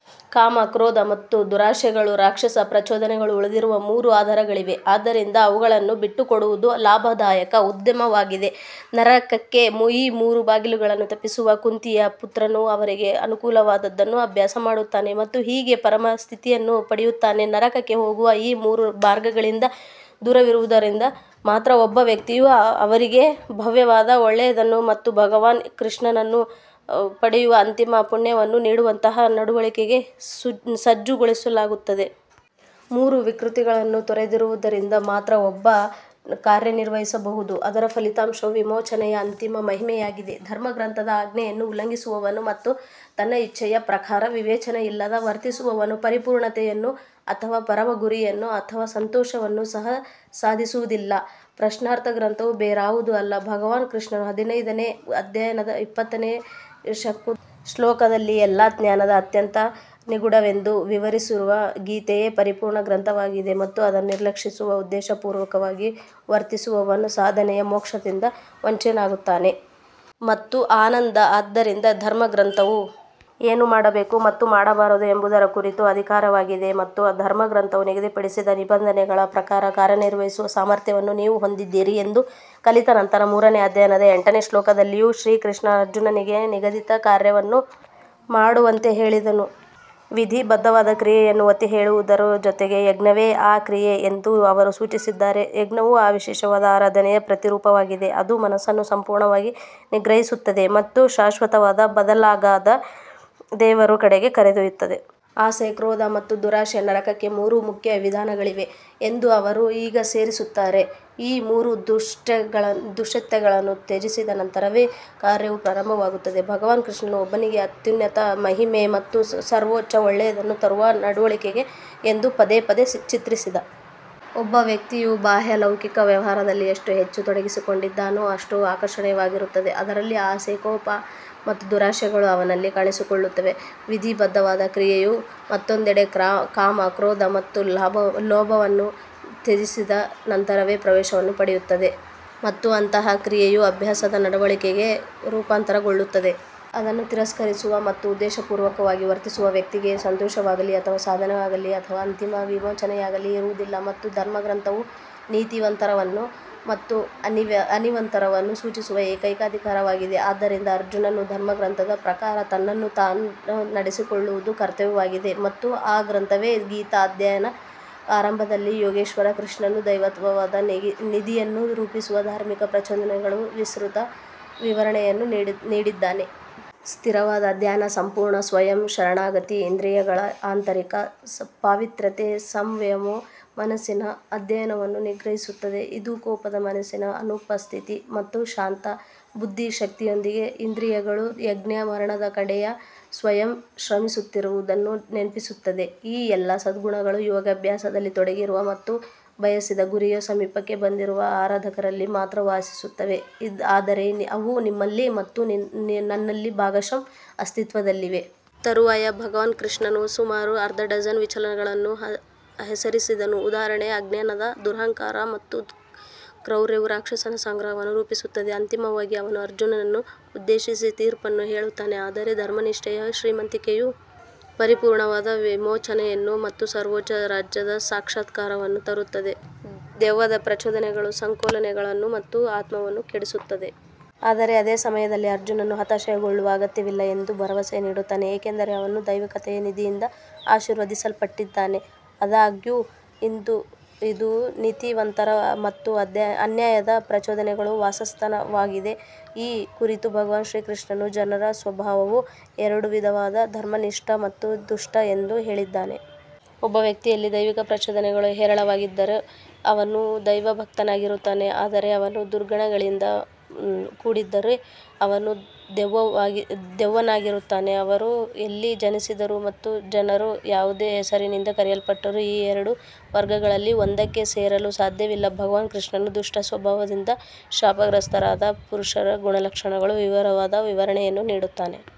ಕಾಮ ಕ್ರೋಧ ಮತ್ತು ದುರಾಶೆಗಳು ರಾಕ್ಷಸ ಪ್ರಚೋದನೆಗಳು ಉಳಿದಿರುವ ಮೂರು ಆಧಾರಗಳಾಗಿವೆ ಆದ್ದರಿಂದ ಅವುಗಳನ್ನು ಬಿಟ್ಟುಕೊಡುವುದು ಲಾಭದಾಯಕ ಉದ್ಯಮವಾಗಿದೆ ನರಕಕ್ಕೆ ಈ ಮೂರು ಬಾಗಿಲುಗಳನ್ನು ತಪ್ಪಿಸುವ ಕುಂತಿಯ ಪುತ್ರನು ಅವರಿಗೆ ಅನುಕೂಲವಾದದ್ದನ್ನು ಅಭ್ಯಾಸ ಮಾಡುತ್ತಾನೆ ಮತ್ತು ಹೀಗೆ ಪರಮ ಸ್ಥಿತಿಯನ್ನು ಪಡೆಯುತ್ತಾನೆ. ನರಕಕ್ಕೆ ಹೋಗುವ ಈ ಮೂರು ಮಾರ್ಗಗಳಿಂದ ದೂರವಿರುವುದರಿಂದ ಮಾತ್ರ ಒಬ್ಬ ವ್ಯಕ್ತಿಯು ಅವರಿಗೆ ಭವ್ಯವಾದ ಒಳ್ಳೆಯದನ್ನು ಮತ್ತು ಭಗವಾನ್ ಶ್ರೀಕೃಷ್ಣನನ್ನು ಪಡೆಯುವ ಅಂತಿಮ ಪುಣ್ಯವನ್ನು ನೀಡುವಂತಹ ನಡವಳಿಕೆಗೆ ಸಜ್ಜುಗೊಳಿಸಲಾಗುತ್ತದೆ. ಮೂರು ವಿಕೃತಿಗಳನ್ನು ತೊರೆಯುವುದರಿಂದ ಮಾತ್ರ ಒಬ್ಬ ವ್ಯಕ್ತಿಯು ನಿಗದಿತ ಕಾರ್ಯವನ್ನು ನಿರ್ವಹಿಸಬಹುದು ಅದರ ಫಲಿತಾಂಶವು ವಿಮೋಚನೆಯ ಅಂತಿಮ ಮಹಿಮೆಯಾಗಿದೆ. ಧರ್ಮಗ್ರಂಥದ ಆಜ್ಞೆಯನ್ನು ಉಲ್ಲಂಘಿಸುವವನು ಮತ್ತು ತನ್ನ ಇಚ್ಛೆಯ ಪ್ರಕಾರ ವಿವೇಚನೆಯಿಲ್ಲದೆ ವರ್ತಿಸುವವನು ಪರಿಪೂರ್ಣತೆಯನ್ನು ಅಥವಾ ಪರಮ ಗುರಿಯನ್ನು ಅಥವಾ ಸಂತೋಷವನ್ನು ಸಹ ಸಾಧಿಸುವುದಿಲ್ಲ. ಪ್ರಶ್ನಾರ್ಹ ಗ್ರಂಥವು ಬೇರಾವುದೂ ಅಲ್ಲ ಭಗವಾನ್ ಕೃಷ್ಣನು ಹದಿನೈದನೇ ಅಧ್ಯಾಯದ ಇಪ್ಪತ್ತನೇ ಶ್ಲೋಕದಲ್ಲಿ ಎಲ್ಲಾ ಜ್ಞಾನದ ಅತ್ಯಂತ ನಿಗೂಢವೆಂದು ವಿವರಿಸಿರುವ ಗೀತೆಯೇ ಪರಿಪೂರ್ಣ ಗ್ರಂಥವಾಗಿದೆ ಮತ್ತು ಅದನ್ನು ನಿರ್ಲಕ್ಷಿಸಿ ಉದ್ದೇಶಪೂರ್ವಕವಾಗಿ ವರ್ತಿಸುವವನು ಸಾಧನೆಯ ಮೋಕ್ಷದಿಂದ ವಂಚಿತನಾಗುತ್ತಾನೆ. ಮತ್ತು ಆನಂದ ಆದ್ದರಿಂದ ಧರ್ಮಗ್ರಂಥವು ಏನು ಮಾಡಬೇಕು ಮತ್ತು ಮಾಡಬಾರದು ಎಂಬುದರ ಕುರಿತು ಅಧಿಕಾರವಾಗಿದೆ ಮತ್ತು ಧರ್ಮಗ್ರಂಥವು ನಿಗದಿಪಡಿಸಿದ ನಿಬಂಧನೆಗಳ ಪ್ರಕಾರ ಕಾರ್ಯನಿರ್ವಹಿಸುವ ಸಾಮರ್ಥ್ಯವನ್ನು ನೀವು ಹೊಂದಿದ್ದೀರಿ ಎಂದು ಕಲಿತ ನಂತರ ಮೂರನೇ ಅಧ್ಯಾಯದ ಎಂಟನೇ ಶ್ಲೋಕದಲ್ಲಿಯೂ ಶ್ರೀಕೃಷ್ಣನು ಅರ್ಜುನನಿಗೆ ನಿಗದಿತ ಕಾರ್ಯವನ್ನು ಮಾಡುವಂತೆ ಹೇಳಿದನು ವಿಧಿಬದ್ಧವಾದ ಕ್ರಿಯೆಯನ್ನು ಒತ್ತಿಹೇಳುವುದರ ಜೊತೆಗೆ ಯಜ್ಞವೇ ಆ ಕ್ರಿಯೆ ಎಂದೂ ಅವರು ಸೂಚಿಸಿದ್ದಾರೆ ಯಜ್ಞವು ಆ ವಿಶೇಷವಾದ ಆರಾಧನೆಯ ಪ್ರತಿರೂಪವಾಗಿದೆ ಅದು ಮನಸ್ಸನ್ನು ಸಂಪೂರ್ಣವಾಗಿ ನಿಗ್ರಹಿಸುತ್ತದೆ ಮತ್ತು ಶಾಶ್ವತವಾದ ಬದಲಾಗದ ದೇವರ ಕಡೆಗೆ ಕರೆದೊಯ್ಯುತ್ತದೆ. ಆಸೆ ಕ್ರೋಧ ಮತ್ತು ದುರಾಶೆ ನರಕಕ್ಕೆ ಮೂರು ಮುಖ್ಯ ವಿಧಾನಗಳಾಗಿವೆ ಎಂದು ಅವರು ಈಗ ಸೇರಿಸುತ್ತಾರೆ ಈ ಮೂರು ದುಷ್ಕೃತ್ಯಗಳನ್ನು ತ್ಯಜಿಸಿದ ನಂತರವೇ ಕಾರ್ಯವು ಪ್ರಾರಂಭವಾಗುತ್ತದೆ ಭಗವಾನ್ ಕೃಷ್ಣನು ಒಬ್ಬನಿಗೆ ಅತ್ಯುನ್ನತ ಮಹಿಮೆ ಮತ್ತು ಸರ್ವೋಚ್ಚ ಒಳ್ಳೆಯದನ್ನು ತರುವ ನಡವಳಿಕೆ ಎಂದು ಪದೇ ಪದೇ ಚಿತ್ರಿಸಿದ. ಒಬ್ಬ ವ್ಯಕ್ತಿಯು ಬಾಹ್ಯ ಲೌಕಿಕ ವ್ಯವಹಾರದಲ್ಲಿ ಎಷ್ಟು ಹೆಚ್ಚು ತೊಡಗಿಸಿಕೊಂಡಿದ್ದಾನೋ ಅಷ್ಟು ಆಕರ್ಷಣೀಯವಾಗಿರುತ್ತದೆ ಅದರಲ್ಲಿ ಆಸೆ ಕೋಪ ಮತ್ತು ದುರಾಶೆಗಳು ಅವನಲ್ಲಿ ಕಾಣಿಸಿಕೊಳ್ಳುತ್ತವೆ. ವಿಧಿಬದ್ಧವಾದ ಕ್ರಿಯೆಯು ಮತ್ತೊಂದೆಡೆ ಕಾಮ ಕ್ರೋಧ ಮತ್ತು ಲೋಭವನ್ನು ತ್ಯಜಿಸಿದ ನಂತರವೇ ಪ್ರವೇಶವನ್ನು ಪಡೆಯುತ್ತದೆ ಮತ್ತು ಅಂತಹ ಕ್ರಿಯೆಯು ಅಭ್ಯಾಸದ ನಡವಳಿಕೆಯಾಗಿ ರೂಪಾಂತರಗೊಳ್ಳುತ್ತದೆ. ಅದನ್ನು ತಿರಸ್ಕರಿಸುವ ಮತ್ತು ಉದ್ದೇಶಪೂರ್ವಕವಾಗಿ ವರ್ತಿಸುವ ವ್ಯಕ್ತಿಗೆ ಸಂತೋಷವಾಗಲೀ ಅಥವಾ ಸಾಧನೆಯಾಗಲೀ ಅಥವಾ ಅಂತಿಮ ವಿಮೋಚನೆಯಾಗಲೀ ಇರುವುದಿಲ್ಲ. ಮತ್ತು ಧರ್ಮಗ್ರಂಥವು ನೀತಿವಂತರನ್ನು ಮತ್ತು ಅನೀತಿವಂತರನ್ನು ಸೂಚಿಸುವ ಏಕೈಕ ಅಧಿಕಾರವಾಗಿದೆ ಆದ್ದರಿಂದ ಅರ್ಜುನನು ಧರ್ಮಗ್ರಂಥದ ಪ್ರಕಾರ ತನ್ನನ್ನು ತಾನು ನಡೆಸಿಕೊಳ್ಳುವುದು ಕರ್ತವ್ಯವಾಗಿದೆ ಮತ್ತು ಆ ಗ್ರಂಥವೇ ಗೀತಾ ಅಧ್ಯಾಯದ ಆರಂಭದಲ್ಲಿ ಯೋಗೇಶ್ವರ ಕೃಷ್ಣನು ದೈವತ್ವದ ನಿಧಿಯನ್ನು ರೂಪಿಸುವ ಧಾರ್ಮಿಕ ಪ್ರಚೋದನೆಗಳ ವಿಸ್ತೃತ ವಿವರಣೆಯನ್ನು ನೀಡಿದ್ದಾನೆ. ಸ್ಥಿರವಾದ ಧ್ಯಾನ ಸಂಪೂರ್ಣ ಸ್ವಯಂ ಶರಣಾಗತಿ ಇಂದ್ರಿಯಗಳ ಆಂತರಿಕ ಪಾವಿತ್ರ್ಯತೆ ಸಂಯಮವು ಮನಸ್ಸಿನ ಅಧ್ಯಯನವನ್ನು ನಿಗ್ರಹಿಸುತ್ತದೆ ಇದು ಕೋಪದ ಮನಸ್ಸಿನ ಅನುಪಸ್ಥಿತಿ ಮತ್ತು ಶಾಂತ ಬುದ್ಧಿಶಕ್ತಿಯೊಂದಿಗೆ ಇಂದ್ರಿಯಗಳ ಯಜ್ಞ ಮರಣದ ಕಡೆಗೆ ಸ್ವಯಂ ಶ್ರಮಿಸುತ್ತಿರುವುದನ್ನು ನೆನಪಿಸುತ್ತದೆ. ಈ ಎಲ್ಲಾ ಸದ್ಗುಣಗಳು ಯೋಗಾಭ್ಯಾಸದಲ್ಲಿ ತೊಡಗಿರುವ ಮತ್ತು ಬಯಸಿದ ಗುರಿಯ ಸಮೀಪಕ್ಕೆ ಬಂದಿರುವ ಆರಾಧಕರಲ್ಲಿ ಮಾತ್ರ ವಾಸಿಸುತ್ತವೆ ಆದರೆ ಅವು ನಿಮ್ಮಲ್ಲಿ ಮತ್ತು ನನ್ನಲ್ಲಿ ಭಾಗಶಃ ಅಸ್ತಿತ್ವದಲ್ಲಿವೆ. ತರುವಾಯ ಭಗವಾನ್ ಕೃಷ್ಣನು ಸುಮಾರು ಅರ್ಧ ಡಜನ್ ವಿಚಲನಗಳನ್ನು ಹೆಸರಿಸಿದನು ಉದಾಹರಣೆಗೆ ಅಜ್ಞಾನದ ದುರಹಂಕಾರ ಮತ್ತು ಕ್ರೌರ್ಯವು ರಾಕ್ಷಸನ ಸಂಗ್ರಹವನ್ನು ರೂಪಿಸುತ್ತದೆ. ಅಂತಿಮವಾಗಿ ಅವನು ಅರ್ಜುನನನ್ನು ಉದ್ದೇಶಿಸಿ ತೀರ್ಪನ್ನು ಹೇಳುತ್ತಾನೆ ಆದರೆ ಧರ್ಮನಿಷ್ಠೆಯ ಶ್ರೀಮಂತಿಕೆಯು ಪರಿಪೂರ್ಣವಾದ ವಿಮೋಚನೆಯನ್ನು ಮತ್ತು ಸರ್ವೋಚ್ಚ ರಾಜ್ಯದ ಸಾಕ್ಷಾತ್ಕಾರವನ್ನು ತರುತ್ತದೆ ದೆವ್ವದ ಪ್ರಚೋದನೆಗಳ ಸಂಗ್ರಹವು ದೆವ್ವದ ಪ್ರಚೋದನೆಗಳ ಸಂಕೋಲೆಗಳನ್ನು ಮತ್ತು ಆತ್ಮವನ್ನು ಕೆಡಿಸುತ್ತದೆ. ಆದರೆ ಅದೇ ಸಮಯದಲ್ಲಿ ಅರ್ಜುನನು ಹತಾಶೆಗೊಳ್ಳುವ ಅಗತ್ಯವಿಲ್ಲ ಎಂದು ಭರವಸೆ ನೀಡುತ್ತಾನೆ ಏಕೆಂದರೆ ಅವನು ದೈವಿಕತೆಯ ನಿಧಿಯಿಂದ ಆಶೀರ್ವದಿಸಲ್ಪಟ್ಟಿದ್ದಾನೆ. ಆದಾಗ್ಯೂ ಇದು ನೀತಿವಂತರ ಮತ್ತು ಅನ್ಯಾಯದ ಪ್ರಚೋದನೆಗಳ ವಾಸಸ್ಥಾನಗಳಾಗಿವೆ ಈ ಕುರಿತು ಭಗವಾನ್ ಶ್ರೀಕೃಷ್ಣನು ಜನರ ಸ್ವಭಾವವು ಎರಡು ವಿಧವಾದ ಧರ್ಮನಿಷ್ಠ ಮತ್ತು ದುಷ್ಟ ಎಂದು ಹೇಳಿದ್ದಾನೆ. ಒಬ್ಬ ವ್ಯಕ್ತಿಯಲ್ಲಿ ದೈವಿಕ ಪ್ರಚೋದನೆಗಳು ಹೇರಳವಾಗಿದ್ದರೆ ಅವನು ದೈವಭಕ್ತನಾಗಿರುತ್ತಾನೆ ಆದರೆ ಅವನು ದುರ್ಗುಣಗಳಿಂದ ಕೂಡಿದ್ದರೆ ಅವನು ದೆವ್ವದವನಾಗಿರುತ್ತಾನೆ. ಅವರು ಎಲ್ಲಿ ಜನಿಸಿದರೂ ಮತ್ತು ಜನರು ಯಾವುದೇ ಹೆಸರಿನಿಂದ ಕರೆಯಲ್ಪಟ್ಟರೂ ಈ ಎರಡು ವರ್ಗಗಳಲ್ಲಿ ಒಂದಕ್ಕೆ ಸೇರಲು ಸಾಧ್ಯವಿಲ್ಲ ಭಗವಾನ್ ಕೃಷ್ಣನು ದುಷ್ಟ ಸ್ವಭಾವದಿಂದ ಶಾಪಗ್ರಸ್ತರಾದ ಪುರುಷರ ಗುಣಲಕ್ಷಣಗಳ ವಿವರವಾದ ವಿವರಣೆಯನ್ನು ನೀಡುತ್ತಾನೆ.